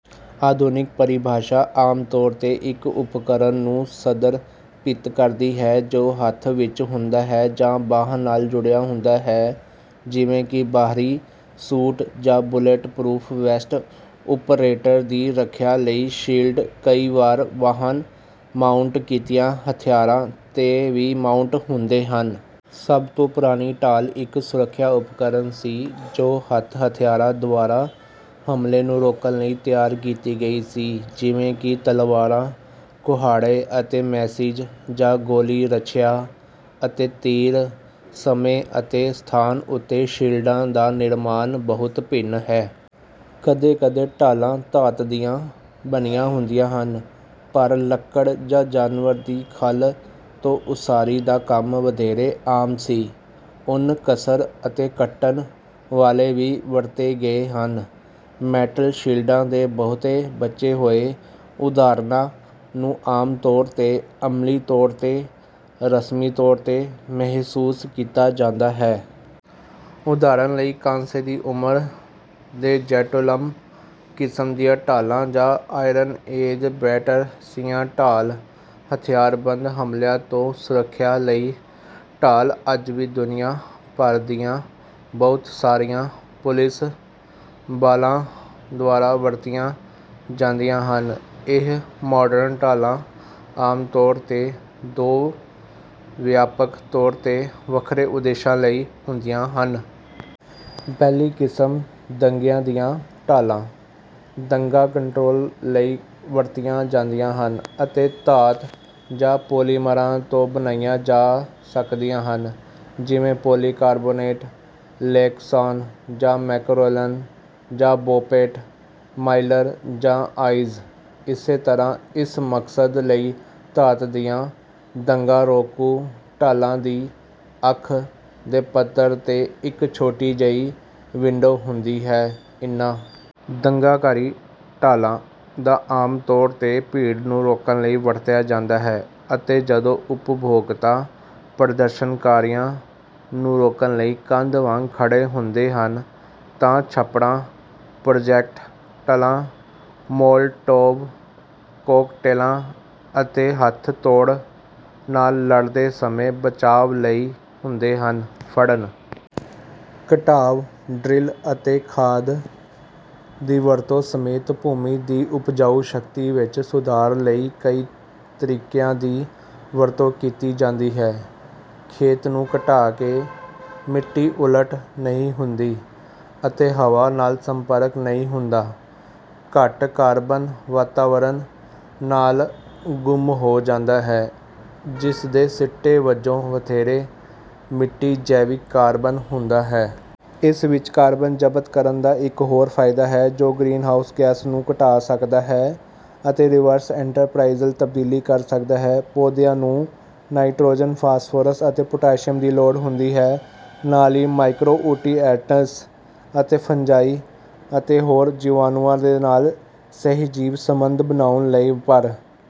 ਆਧੁਨਿਕ ਪਰਿਭਾਸ਼ਾ ਆਮ ਤੌਰ 'ਤੇ ਇੱਕ ਉਪਕਰਣ ਨੂੰ ਸਦਰਭਿਤ ਕਰਦੀ ਹੈ, ਜੋ ਹੱਥ ਵਿਚ ਹੁੰਦਾ ਹੈ ਜਾਂ ਬਾਂਹ ਨਾਲ ਜੁੜਿਆ ਹੁੰਦਾ ਹੈ, ਜਿਵੇਂ ਕਿ ਬਾਹਰੀ ਸੂਟ ਜਾਂ ਬੁਲੇਟ-ਪਰੂਫ ਵੈਸਟ। ਓਪਰੇਟਰ ਦੀ ਰੱਖਿਆ ਲਈ ਸ਼ੀਲਡ ਕਈ ਵਾਰ ਵਾਹਨ-ਮਾਊਂਟ ਕੀਤੀਆਂ ਹਥਿਆਰਾਂ 'ਤੇ ਵੀ ਮਾਊਂਟ ਹੁੰਦੇ ਹਨ। ਸਭ ਤੋਂ ਪੁਰਾਣੀ ਢਾਲ ਇੱਕ ਸੁਰੱਖਿਆ ਉਪਕਰਣ ਸੀ, ਜੋ ਹੱਥ-ਹਥਿਆਰਾਂ ਦੁਆਰਾ ਹਮਲੇ ਨੂੰ ਰੋਕਣ ਲਈ ਤਿਆਰ ਕੀਤੀ ਗਈ ਸੀ, ਜਿਵੇਂ ਕਿ ਤਲਵਾਰਾਂ, ਕੁਹਾੜੇ ਅਤੇ ਮੈਸਿਜ, ਜਾਂ ਗੋਲੀ-ਰੱਛਿਆ ਅਤੇ ਤੀਰ। ਸਮੇਂ ਅਤੇ ਸਥਾਨ ਉੱਤੇ ਸ਼ੀਲਡਾਂ ਦਾ ਨਿਰਮਾਣ ਬਹੁਤ ਭਿੰਨ ਹੈ। ਕਦੇ-ਕਦੇ ਢਾਲਾਂ ਧਾਤ ਦੀਆਂ ਬਣੀਆਂ ਹੁੰਦੀਆਂ ਸਨ, ਪਰ ਲੱਕੜ ਜਾਂ ਜਾਨਵਰ ਦੀ ਖੱਲ ਤੋਂ ਉਸਾਰੀ ਦਾ ਕੰਮ ਵਧੇਰੇ ਆਮ ਸੀ। ਉੱਨ, ਕਸਰ ਅਤੇ ਕੱਟਣ ਵਾਲੇ ਵੀ ਵਰਤੇ ਗਏ ਹਨ। ਮੈਟਲ ਸ਼ੀਲਡਾਂ ਦੇ ਬਹੁਤੇ ਬਚੇ ਹੋਏ ਉਦਾਹਰਣਾਂ ਨੂੰ ਆਮ ਤੌਰ 'ਤੇ ਅਮਲੀ ਤੌਰ 'ਤੇ ਰਸਮੀ ਤੌਰ 'ਤੇ ਮਹਿਸੂਸ ਕੀਤਾ ਜਾਂਦਾ ਹੈ। ਉਦਾਹਰਨ ਲਈ, ਕਾਂਸੇ ਦੀ ਉਮਰ ਦੇ ਯੈਠੋਲਮ-ਕਿਸਮ ਦੀਆਂ ਢਾਲਾਂ ਜਾਂ ਆਇਰਨ ਏਜ ਬੈਟਰਸੀਆ ਢਾਲ। ਹਥਿਆਰਬੰਦ ਹਮਲਿਆਂ ਤੋਂ ਸੁਰੱਖਿਆ ਲਈ ਢਾਲ ਅੱਜ ਵੀ ਦੁਨੀਆਂ ਭਰ ਦੀਆਂ ਬਹੁਤ ਸਾਰੀਆਂ ਪੁਲਿਸ ਬਲਾਂ ਦੁਆਰਾ ਵਰਤੀਆਂ ਜਾਂਦੀਆਂ ਹਨ। ਇਹ ਮਾਡਰਨ ਢਾਲਾਂ ਆਮ ਤੌਰ 'ਤੇ ਦੋ ਵਿਆਪਕ ਤੌਰ 'ਤੇ ਵੱਖਰੇ ਉਦੇਸ਼ਾਂ ਲਈ ਹੁੰਦੀਆਂ ਹਨ। ਪਹਿਲੀ ਕਿਸਮ, ਦੰਗਿਆਂ ਦੀਆਂ ਢਾਲਾਂ, ਦੰਗਾ ਕੰਟਰੋਲ ਲਈ ਵਰਤੀਆਂ ਜਾਂਦੀਆਂ ਹਨ ਅਤੇ ਧਾਤ ਜਾਂ ਪੋਲੀਮਰਾਂ ਤੋਂ ਬਣਾਈਆਂ ਜਾ ਸਕਦੀਆਂ ਹਨ, ਜਿਵੇਂ ਪੌਲੀਕਾਰਬੋਨੇਟ, ਲੇਕਸਾਨ ਜਾਂ ਮੈਕਰੋਲੋਨ, ਜਾਂ ਬੋਪੇਟ ਮਾਈਲਰ ਜਾਂ ਆਈਜ਼। ਇਸੇ ਤਰ੍ਹਾਂ, ਇਸ ਮਕਸਦ ਲਈ ਧਾਤ ਦੀਆਂ ਦੰਗਾ-ਰੋਕੂ ਢਾਲਾਂ ਦੀ ਅੱਖ ਦੇ ਪੱਧਰ 'ਤੇ ਇੱਕ ਛੋਟੀ ਜਿਹੀ ਵਿੰਡੋ ਹੁੰਦੀ ਹੈ। ਇਨ੍ਹਾਂ ਦੰਗਾਕਾਰੀ ਢਾਲਾਂ ਦਾ ਆਮ ਤੌਰ ਤੇ ਭੀੜ ਨੂੰ ਰੋਕਣ ਲਈ ਵਰਤਿਆ ਜਾਂਦਾ ਹੈ ਅਤੇ ਜਦੋਂ ਉਪਭੋਗਤਾ ਪ੍ਰਦਰਸ਼ਨਕਾਰੀਆਂ ਨੂੰ ਰੋਕਣ ਲਈ ਕੰਧ ਵਾਂਗ ਖੜ੍ਹੇ ਹੁੰਦੇ ਹਨ, ਤਾਂ ਛੱਪੜਾਂ, ਪ੍ਰੋਜੇਕਟਲਾਂ, ਮੋਲਟੋਵ ਕੋਕਟੇਲਾਂ ਅਤੇ ਹੱਥ-ਤੋੜ ਨਾਲ ਲੜਦੇ ਸਮੇਂ ਬਚਾਅ ਲਈ ਹੁੰਦੇ ਹਨ। ਫੜ੍ਹਨ ਘਟਾਅ, ਡਰਿਲ ਅਤੇ ਖਾਦ ਦੀ ਵਰਤੋਂ ਸਮੇਤ ਭੂਮੀ ਦੀ ਉਪਜਾਊ ਸ਼ਕਤੀ ਵਿੱਚ ਸੁਧਾਰ ਲਈ ਕਈ ਤਰੀਕਿਆਂ ਦੀ ਵਰਤੋਂ ਕੀਤੀ ਜਾਂਦੀ ਹੈ। ਖੇਤ ਨੂੰ ਘਟਾ ਕੇ, ਮਿੱਟੀ ਉਲਟ ਨਹੀਂ ਹੁੰਦੀ ਅਤੇ ਹਵਾ ਨਾਲ ਸੰਪਰਕ ਨਹੀਂ ਹੁੰਦਾ; ਘੱਟ ਕਾਰਬਨ ਵਾਤਾਵਰਣ ਨਾਲ ਗੁੰਮ ਹੋ ਜਾਂਦਾ ਹੈ, ਜਿਸ ਦੇ ਸਿੱਟੇ ਵਜੋਂ ਵਧੇਰੇ ਮਿੱਟੀ ਜੈਵਿਕ ਕਾਰਬਨ ਹੁੰਦਾ ਹੈ। ਇਸ ਵਿੱਚ ਕਾਰਬਨ ਜ਼ਬਤ ਕਰਨ ਦਾ ਇੱਕ ਹੋਰ ਫਾਇਦਾ ਹੈ, ਜੋ ਗ੍ਰੀਨਹਾਊਸ ਗੈਸ ਨੂੰ ਘਟਾ ਸਕਦਾ ਹੈ ਅਤੇ ਰਿਵਰਸ ਐਂਟਰਪ੍ਰਾਈਜ਼ਲ ਤਬਦੀਲੀ ਕਰ ਸਕਦਾ ਹੈ। ਪੌਦਿਆਂ ਨੂੰ ਨਾਈਟ੍ਰੋਜਨ, ਫਾਸਫੋਰਸ ਅਤੇ ਪੋਟਾਸ਼ੀਅਮ ਦੀ ਲੋੜ ਹੁੰਦੀ ਹੈ, ਨਾਲ ਹੀ ਮਾਇਕ੍ਰੋਨਿਊਟ੍ਰੀਐਂਟਸ ਅਤੇ ਫੰਜਾਈ ਅਤੇ ਹੋਰ ਜੀਵਾਣੂਆਂ ਦੇ ਨਾਲ ਸਹਿਜੀਵ ਸੰਬੰਧ ਵਧਾਉਣ ਲਈ, ਪਰ...